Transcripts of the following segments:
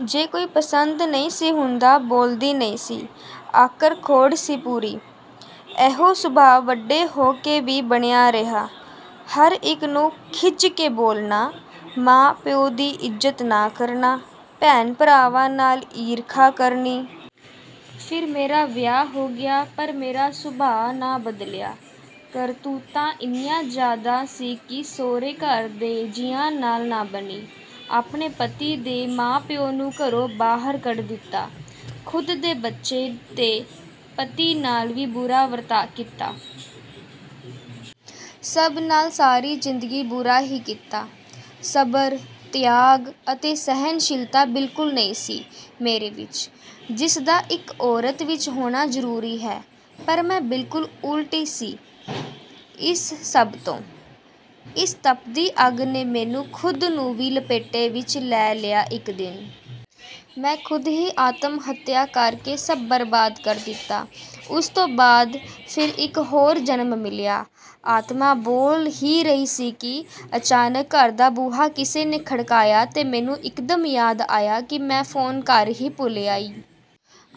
ਜੋ ਕੋਈ ਪਸੰਦ ਨਹੀਂ ਸੀ ਹੁੰਦਾ, ਬੋਲਦੀ ਨਹੀਂ ਸੀ। ਆਕੜਖੋਰ ਸੀ ਪੂਰੀ। ਐਹੋ ਸੁਭਾਅ ਵੱਡੇ ਹੋ ਕੇ ਵੀ ਬਣਿਆ ਰਿਹਾ। ਹਰ ਇੱਕ ਨੂੰ ਖਿਝ ਕੇ ਬੋਲਣਾ, ਮਾਂ-ਪਿਉ ਦੀ ਇੱਜ਼ਤ ਨਾ ਕਰਨਾ, ਭੈਣ-ਭਰਾਵਾਂ ਨਾਲ ਈਰਖਾ ਕਰਨੀ। ਫਿਰ ਮੇਰਾ ਵਿਆਹ ਹੋ ਗਿਆ ਪਰ ਮੇਰਾ ਸੁਭਾਅ ਨਾ ਬਦਲਿਆ। ਕਰੂਰਤਾ ਇੰਨੀ ਜ਼ਿਆਦਾ ਸੀ ਕਿ ਸੋਹਰੇ ਘਰ ਦੇ ਜੀਆਂ ਨਾਲ ਨਾ ਬਣੀ। ਆਪਣੇ ਪਤੀ ਦੇ ਮਾਂ-ਪਿਉ ਨੂੰ ਘਰੋਂ ਬਾਹਰ ਕੱਢ ਦਿੱਤਾ। ਖੁਦ ਦੇ ਬੱਚੇ ਤੇ ਪਤੀ ਨਾਲ ਵੀ ਬੁਰਾ ਵਰਤਾਅ ਕੀਤਾ। ਸਭ ਨਾਲ ਸਾਰੀ ਜ਼ਿੰਦਗੀ ਬੁਰਾ ਹੀ ਕੀਤਾ। ਸਬਰ, ਤਿਆਗ ਅਤੇ ਸਹਿਣਸ਼ੀਲਤਾ ਬਿਲਕੁਲ ਨਹੀਂ ਸੀ ਮੇਰੇ ਵਿੱਚ, ਜਿਸ ਦਾ ਇੱਕ ਔਰਤ ਵਿੱਚ ਹੋਣਾ ਜ਼ਰੂਰੀ ਹੈ। ਪਰ ਮੈਂ ਬਿਲਕੁਲ ਉਲਟ ਸੀ ਇਸ ਸਭ ਤੋਂ। ਇਸ ਤੱਪਦੀ ਅੱਗ ਨੇ ਮੈਨੂੰ ਖੁਦ ਨੂੰ ਵੀ ਲਪੇਟੇ ਵਿੱਚ ਲੈ ਲਿਆ ਇੱਕ ਦਿਨ। ਮੈਂ ਖੁਦ ਹੀ ਆਤਮ-ਹੱਤਿਆ ਕਰ ਕੇ ਸਭ ਬਰਬਾਦ ਕਰ ਦਿੱਤਾ। ਉਸ ਤੋਂ ਬਾਅਦ ਫਿਰ ਇੱਕ ਹੋਰ ਜਨਮ ਮਿਲਿਆ। ਆਤਮਾ ਬੋਲ ਹੀ ਰਹੀ ਸੀ ਕਿ ਅਚਾਨਕ ਘਰ ਦਾ ਬੂਹਾ ਕਿਸੇ ਨੇ ਖੜਕਾਇਆ ਤੇ ਮੈਨੂੰ ਇਕਦਮ ਯਾਦ ਆਇਆ ਕਿ ਮੈਂ ਫੋਨ ਘਰ ਹੀ ਭੁੱਲ ਆਈ।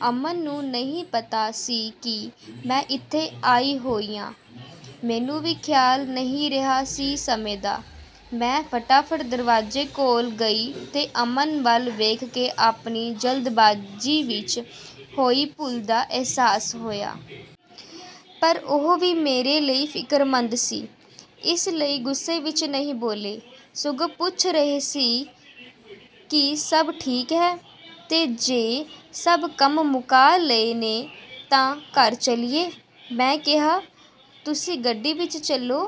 ਅਮਨ ਨੂੰ ਨਹੀਂ ਪਤਾ ਸੀ ਕਿ ਮੈਂ ਇੱਥੇ ਆਈ ਹੋਈ ਆ। ਮੈਨੂੰ ਵੀ ਖਿਆਲ ਨਹੀਂ ਰਿਹਾ ਸੀ ਸਮੇਂ ਦਾ। ਮੈਂ ਫਟਾਫਟ ਦਰਵਾਜ਼ੇ ਕੋਲ ਗਈ ਤੇ ਅਮਨ ਵੱਲ ਵੇਖ ਕੇ ਆਪਣੀ ਜਲਦਬਾਜ਼ੀ ਵਿੱਚ ਹੋਈ ਭੁੱਲ ਦਾ ਅਹਿਸਾਸ ਹੋਇਆ। ਪਰ ਉਹ ਵੀ ਮੇਰੇ ਲਈ ਫਿਕਰਮੰਦ ਸੀ। ਇਸ ਲਈ ਗੁੱਸੇ ਵਿੱਚ ਨਹੀਂ ਬੋਲੇ, ਸਗੋਂ ਪੁੱਛ ਰਹੇ ਸੀ ਕਿ ਸਭ ਠੀਕ ਹੈ, ਤੇ ਜੇ ਸਭ ਕੰਮ ਮੁਕਾ ਲਏ ਨੇ ਤਾਂ ਘਰ ਚੱਲੀਏ। ਮੈਂ ਕਿਹਾ, "ਤੁਸੀਂ ਗੱਡੀ ਵਿੱਚ ਚਲੋ,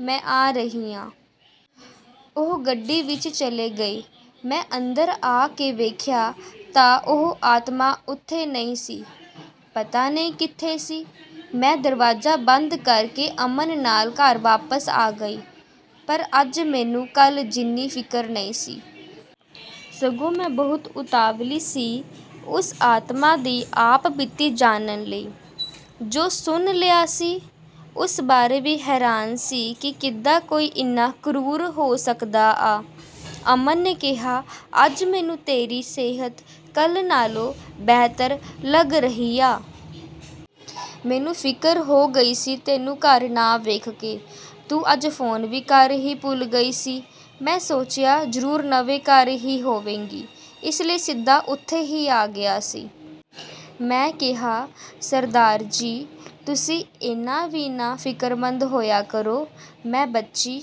ਮੈਂ ਆ ਰਹੀ ਆ।" ਉਹ ਗੱਡੀ ਵਿੱਚ ਚਲੇ ਗਏ। ਮੈਂ ਅੰਦਰ ਆ ਕੇ ਵੇਖਿਆ ਤਾਂ ਉਹ ਆਤਮਾ ਉੱਥੇ ਨਹੀਂ ਸੀ। ਪਤਾ ਨਹੀਂ ਕਿੱਥੇ ਸੀ। ਮੈਂ ਦਰਵਾਜ਼ਾ ਬੰਦ ਕਰ ਕੇ ਅਮਨ ਨਾਲ ਘਰ ਵਾਪਸ ਆ ਗਈ। ਪਰ ਅੱਜ ਮੈਨੂੰ ਕੱਲ੍ਹ ਜਿੰਨੀ ਫ਼ਿਕਰ ਨਹੀਂ ਸੀ। ਸਗੋਂ ਮੈਂ ਬਹੁਤ ਉਤਾਵਲੀ ਸੀ ਉਸ ਆਤਮਾ ਦੀ ਆਪਬੀਤੀ ਜਾਣਨ ਲਈ। ਜੋ ਸੁਣ ਲਿਆ ਸੀ, ਉਸ ਬਾਰੇ ਵੀ ਹੈਰਾਨ ਸੀ ਕਿ ਕਿੱਦਾਂ ਕੋਈ ਇੰਨਾ ਕ੍ਰੂਰ ਹੋ ਸਕਦਾ ਆ। ਅਮਨ ਨੇ ਕਿਹਾ, "ਅੱਜ ਮੈਨੂੰ ਤੇਰੀ ਸਿਹਤ ਕੱਲ੍ਹ ਨਾਲੋਂ ਬਿਹਤਰ ਲੱਗ ਰਹੀ ਆ। ਮੈਨੂੰ ਫ਼ਿਕਰ ਹੋ ਗਈ ਸੀ ਤੈਨੂੰ ਘਰ ਨਾ ਵੇਖ ਕੇ। ਤੂੰ ਅੱਜ ਫੋਨ ਵੀ ਘਰ ਹੀ ਭੁੱਲ ਗਈ ਸੀ। ਮੈਂ ਸੋਚਿਆ ਜ਼ਰੂਰ ਨਵੇਂ ਘਰ ਹੀ ਹੋਵੇਗੀ, ਇਸ ਲਈ ਸਿੱਧਾ ਉੱਥੇ ਹੀ ਆ ਗਿਆ ਸੀ।" ਮੈਂ ਕਿਹਾ, "ਸਰਦਾਰ ਜੀ, ਤੁਸੀਂ ਏਨਾਂ ਵੀ ਨਾ ਫਿਕਰਮੰਦ ਹੋਇਆ ਕਰੋ। ਮੈਂ ਬੱਚੀ..."